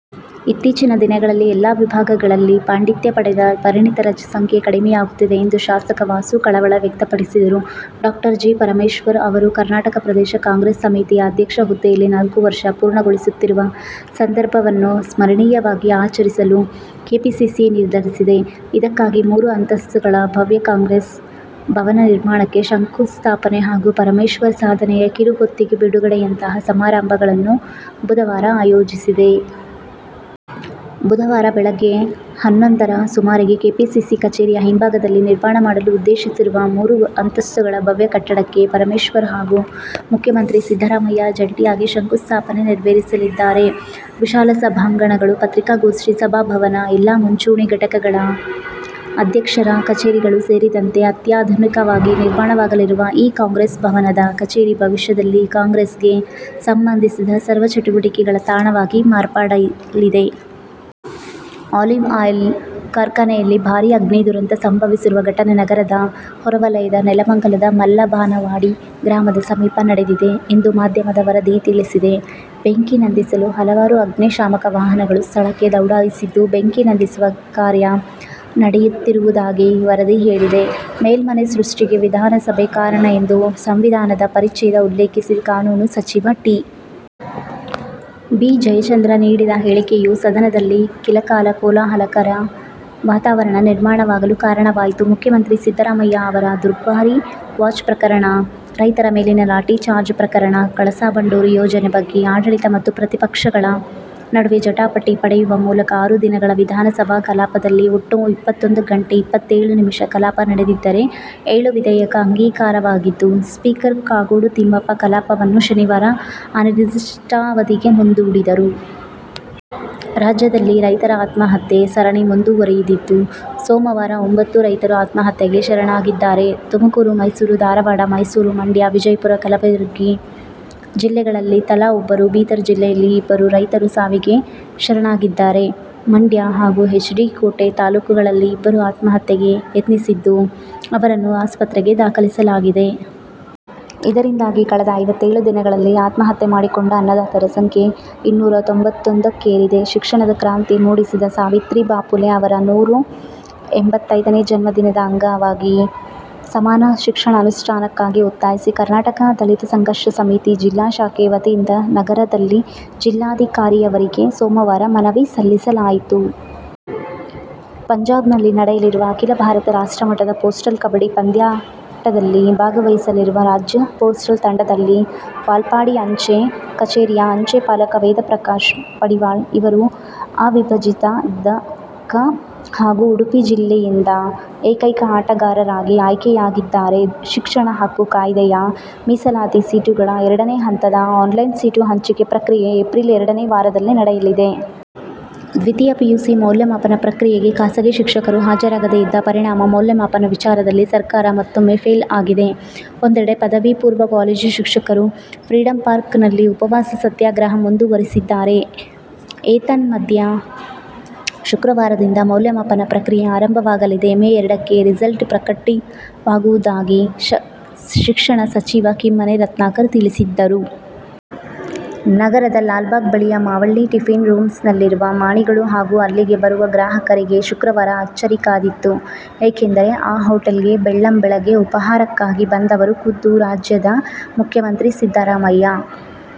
ಇತ್ತೀಚಿನ ದಿನಗಳಲ್ಲಿ ಎಲ್ಲಾ ವಿಭಾಗಗಳಲ್ಲಿ ಪಾಂಡಿತ್ಯ ಪಡೆದ ಪರಿಣಿತರ ಸಂಖ್ಯೆ ಕಡಿಮೆಯಾಗುತ್ತಿದೆ ಎಂದು ಶಾಸಕ ವಾಸು ಕಳವಳ ವ್ಯಕ್ತಪಡಿಸಿದರು. ಡಾ ಜಿ. ಪರಮೇಶ್ವರ್ ಅವರು ಕರ್ನಾಟಕ ಪ್ರದೇಶ ಕಾಂಗ್ರೆಸ್ ಸಮಿತಿ ಅಧ್ಯಕ್ಷ ಹುದ್ದೆಯಲ್ಲಿ ನಾಲ್ಕು ವರ್ಷ ಪೂರ್ಣಗೊಳಿಸುತ್ತಿರುವ ಸಂದರ್ಭವನ್ನು ಸ್ಮರಣೀಯವಾಗಿ ಆಚರಿಸಲು ಕೆಪಿಸಿಸಿ ನಿರ್ಧರಿಸಿದೆ. ಇದಕ್ಕಾಗಿ ಮೂರು ಅಂತಸ್ತುಗಳ ಭವ್ಯ ಕಾಂಗ್ರೆಸ್ ಭವನ ನಿರ್ಮಾಣಕ್ಕೆ ಶಂಕು ಸ್ಥಾಪನೆ ಹಾಗೂ ಪರಮೇಶ್ವರ್ ಸಾಧನೆಯ ಕಿರು ಹೊತ್ತಿಗೆ ಬಿಡುಗಡೆಯಂತಹ ಸಮಾರಂಭಗಳನ್ನು ಬುಧವಾರ ಆಯೋಜಿಸಿದೆ. ಬುಧವಾರ ಬೆಳಗ್ಗೆ ಹನ್ನೊಂದರ ಸುಮಾರಿಗೆ ಕೆಪಿಸಿಸಿ ಕಚೇರಿಯ ಹಿಂಭಾಗದಲ್ಲಿ ನಿರ್ಮಾಣ ಮಾಡಲು ಉದ್ದೇಶಿಸಿರುವ ಮೂರು ಅಂತಸ್ತುಗಳ ಭವ್ಯ ಕಟ್ಟಡಕ್ಕೆ ಪರಮೇಶ್ವರ್ ಹಾಗೂ ಮುಖ್ಯಮಂತ್ರಿ ಸಿದ್ದರಾಮಯ್ಯ ಜಂಟಿಯಾಗಿ ಶಂಕುಸ್ಥಾಪನೆ ನೆರವೇರಿಸಲಿದ್ದಾರೆ. ವಿಶಾಲ ಸಭಾಂಗಣಗಳು, ಪತ್ರಿಕಾಗೋಷ್ಠಿ ಸಭಾಭವನ, ಎಲ್ಲಾ ಮಂಚೂಣಿ ಘಟಕಗಳ ಅಧ್ಯಕ್ಷರ ಕಚೇರಿಗಳು ಸೇರಿದಂತೆ ಅತ್ಯಾಧುನಿಕವಾಗಿ ನಿರ್ಮಾಣವಾಗಲಿರುವ ಈ ಕಾಂಗ್ರೆಸ್ ಭವನದ ಕಚೇರಿ ಭವಿಷ್ಯದಲ್ಲಿ ಕಾಂಗ್ರೆಸ್ಗೆ ಸಂಬಂಧಿಸಿದ ಸರ್ವ ಚಟುವಟಿಕೆಗಳ ತಾಣವಾಗಿ ಮಾರ್ಪಡಲಿದೆ. ಆಲಿವ್ ಆಯಿಲ್ ಕಾರ್ಖಾನೆಯಲ್ಲಿ ಭಾರೀ ಅಗ್ನಿ ದುರಂತ ಸಂಭವಿಸಿರುವ ಘಟನೆ ನಗರದ ಹೊರವಲಯದ ನೆಲಮಂಗಲದ ಮಲ್ಲಬಾನವಾಡಿ ಗ್ರಾಮದ ಸಮೀಪ ನಡೆದಿದೆ ಎಂದು ಮಾಧ್ಯಮದ ವರದಿ ತಿಳಿಸಿದೆ. ಬೆಂಕಿ ನಂದಿಸಲು ಹಲವು ಅಗ್ನಿಶಾಮಕ ವಾಹನಗಳು ಸ್ಥಳಕ್ಕೆ ದೌಡಾಯಿಸಿದ್ದು, ಬೆಂಕಿ ನಂದಿಸುವ ಕಾರ್ಯ ನಡೆಯುತ್ತಿರುವುದಾಗಿ ವರದಿ ಹೇಳಿದೆ. ಮೇಲ್ಮನೆ ಸೃಷ್ಟಿಗೆ ವಿಧಾನಸಭೆ ಕಾರಣ ಎಂದು ಸಂವಿಧಾನದ ಪರಿಚ್ಛೇದ ಉಲ್ಲೇಖೀಸಿ ಕಾನೂನು ಸಚಿವ ಟಿ. ಬಿ ಜಯಚಂದ್ರ ನೀಡಿದ ಹೇಳಿಕೆಯು ಸದನದಲ್ಲಿ ಕೆಲಕಾಲ ಕೋಲಾಹಲಕರ ವಾತಾವರಣ ನಿರ್ಮಾಣವಾಗಲು ಕಾರಣವಾಯಿತು. ಮುಖ್ಯಮಂತ್ರಿ ಸಿದ್ದರಾಮಯ್ಯ ಅವರ ದುಬಾರಿ ವಾಚ್ ಪ್ರಕರಣ, ರೈತರ ಮೇಲಿನ ಲಾಠಿ ಚಾರ್ಜ್ ಪ್ರಕರಣ, ಕಳಸಾ ಬಂಡೂರಿ ಯೋಜನೆ ಬಗ್ಗೆ ಆಡಳಿತ ಮತ್ತು ಪ್ರತಿಪಕ್ಷಗಳ ನಡುವೆ ಜಟಾಪಟಿ ನಡೆಯುವ ಮೂಲಕ ಆರು ದಿನಗಳ ವಿಧಾನಸಭಾ ಕಲಾಪದಲ್ಲಿ ಒಟ್ಟು ಇಪ್ಪತ್ತೊಂದು ಗಂಟೆ ಇಪ್ಪತ್ತೇಳು ನಿಮಿಷ ಕಲಾಪ ನಡೆದಿದ್ದರೆ, ಏಳು ವಿಧೇಯಕ ಅಂಗೀಕಾರವಾಗಿದ್ದು, ಸ್ಪೀಕರ್ ಕಾಗೋಡು ತಿಮ್ಮಪ್ಪ ಕಲಾಪವನ್ನು ಶನಿವಾರ ಅನಿರ್ದಿಷ್ಟಾವಧಿಗೆ ಮುಂದೂಡಿದರು. ರಾಜ್ಯದಲ್ಲಿ ರೈತರ ಆತ್ಮಹತ್ಯೆ ಸರಣಿ ಮುಂದುವರಿದಿದ್ದು ಸೋಮವಾರ ಒಂಬತ್ತು ರೈತರು ಆತ್ಮಹತ್ಯೆಗೆ ಶರಣಾಗಿದ್ದಾರೆ. ತುಮಕೂರು, ಮೈಸೂರು, ಧಾರವಾಡ, ಮೈಸೂರು, ಮಂಡ್ಯ, ವಿಜಯಪುರ, ಕಲಬುರಗಿ ಜಿಲ್ಲೆಗಳಲ್ಲಿ ತಲಾ ಒಬ್ಬರು, ಬೀದರ್ ಜಿಲ್ಲೆಯಲ್ಲಿ ಇಬ್ಬರು ರೈತರು ಸಾವಿಗೆ ಶರಣಾಗಿದ್ದರೆ, ಮಂಡ್ಯ ಹಾಗೂ ಎಚ್. ಡಿ. ಕೋಟೆ ತಾಲೂಕುಗಳಲ್ಲಿ ಇಬ್ಬರು ಆತ್ಮಹತ್ಯೆಗೆ ಯತ್ನಿಸಿದ್ದು, ಅವರನ್ನು ಆಸ್ಪತ್ರೆಗೆ ದಾಖಲಿಸಲಾಗಿದೆ. ಇದರಿಂದಾಗಿ ಕಳೆದ ಐವತ್ತೇಳು ದಿನಗಳಲ್ಲಿ ಆತ್ಮಹತ್ಯೆ ಮಾಡಿಕೊಂಡ ಅನ್ನದಾತರ ಸಂಖ್ಯೆ ಇನ್ನೂರ ತೊಂಬತ್ತೊಂದಕ್ಕೇರಿದೆ ಶಿಕ್ಷಣದ ಕ್ರಾಂತಿ ಮೂಡಿಸಿದ ಸಾವಿತ್ರಿಬಾಪುಲೆ ಅವರ ನೂರ ಎಂಬತ್ತೈದನೇ ಜನ್ಮದಿನದ ಅಂಗವಾಗಿ ಸಮಾನ ಶಿಕ್ಷಣ ಅನುಷ್ಠಾನಕ್ಕಾಗಿ ಒತ್ತಾಯಿಸಿ ಕರ್ನಾಟಕ ದಲಿತ ಸಂಘರ್ಷ ಸಮಿತಿ ಜಿಲ್ಲಾ ಶಾಖೆ ವತಿಯಿಂದ ನಗರದಲ್ಲಿಜಿಲ್ಲಾಧಿಕಾರಿಯವರಿಗೆ ಸೋಮವಾರ ಮನವಿ ಸಲ್ಲಿಸಲಾಯಿತು. ಪಂಜಾಬ್ನಲ್ಲಿ ನಡೆಯಲಿರುವ ಅಖೀಲ ಭಾರತ ರಾಷ್ಟ್ರಮಟ್ಟದ ಪೋಸ್ಟಲ್ ಕಬಡ್ಡಿ ಪಂದ್ಯಾಟದಲ್ಲಿ ಭಾಗವಹಿಸಲಿರುವ ರಾಜ್ಯ ಪೋಸ್ಟಲ್ ತಂಡದಲ್ಲಿ ವಾಲ್ಪಾಡಿ ಅಂಚೆ ಕಛೇರಿಯ ಅಂಚೆ ಪಾಲಕ ವೇದ ಪ್ರಕಾಶ್ ಪಡಿವಾಳ್ ಇವರು ಅವಿಭಜಿತ ದ. ಕ. ಹಾಗೂ ಉಡುಪಿ ಜಿಲ್ಲೆಯಿಂದ ಏಕೈಕ ಆಟಗಾರರಾಗಿ ಆಯ್ಕೆಯಾಗಿದ್ದಾರೆ. ಶಿಕ್ಷಣ ಹಕ್ಕು ಕಾಯ್ದೆ ಯ ಮೀಸಲಾತಿ ಸೀಟುಗಳ ಎರಡನೇ ಹಂತದ ಆನ್ಲೈನ್ ಸೀಟು ಹಂಚಿಕೆ ಪ್ರಕ್ರಿಯೆ ಏಪ್ರಿಲ್ ಎರಡನೇ ವಾರದಲ್ಲಿ ನಡೆಯಲಿದೆ. ದ್ವಿತೀಯ ಪಿಯುಸಿ ಮೌಲ್ಯಮಾಪನ ಪ್ರಕ್ರಿಯೆಗೆ ಖಾಸಗಿ ಶಿಕ್ಷಕರು ಹಾಜರಾಗದೆ ಇದ್ದ ಪರಿಣಾಮ ಮೌಲ್ಯಮಾಪನ ವಿಚಾರದಲ್ಲಿ ಸರ್ಕಾರ ಮತ್ತೊಮ್ಮೆ ಫೇಲ್ ಆಗಿದೆ. ಒಂದೆಡೆ ಪದವಿ ಪೂರ್ವ ಕಾಲೇಜು ಶಿಕ್ಷಕರು ಫ್ರೀಡಂ ಪಾರ್ಕ್ ನಲ್ಲಿ ಉಪವಾಸ ಸತ್ಯಾಗ್ರಹ ಮುಂದುವರಿಸಿದ್ದಾರೆ. ಏತನ್ಮಧ್ಯೆ ಶುಕ್ರವಾರದಿಂದ ಮೌಲ್ಯಮಾಪನ ಪ್ರಕ್ರಿಯೆ ಆರಂಭವಾಗಲಿದೆ. ಮೇ ಎರಡಕ್ಕೆ ರಿಸಲ್ಟ್ ಪ್ರಕಟವಾಗುವುದಾಗಿ ಶಿಕ್ಷಣ ಸಚಿವ ಕಿಮ್ಮನೆ ರತ್ನಾಕರ್ ತಿಳಿಸಿದ್ದರು. ನಗರದ ಲಾಲ್ಬಾಗ್ ಬಳಿಯ ಮಾವಳ್ಳಿ ಟಿಫಿನ್ ರೂಮ್ಸ್ ನಲ್ಲಿರುವ ಮಾಣಿಗಳು ಹಾಗೂ ಅಲ್ಲಿಗೆ ಬರುವ ಗ್ರಾಹಕರಿಗೆ ಶುಕ್ರವಾರ ಅಚ್ಚರಿ ಕಾದಿತ್ತು. ಏಕೆಂದರೆ, ಆ ಹೊಟೇಲ್ಗೆ ಬೆಳ್ಳಂಬೆಳಗ್ಗೆ ಉಪಾಹಾರಕ್ಕಾಗಿ ಬಂದವರು ಖುದ್ದು ರಾಜ್ಯದ ಮುಖ್ಯಮಂತ್ರಿ ಸಿದ್ದರಾಮಯ್ಯ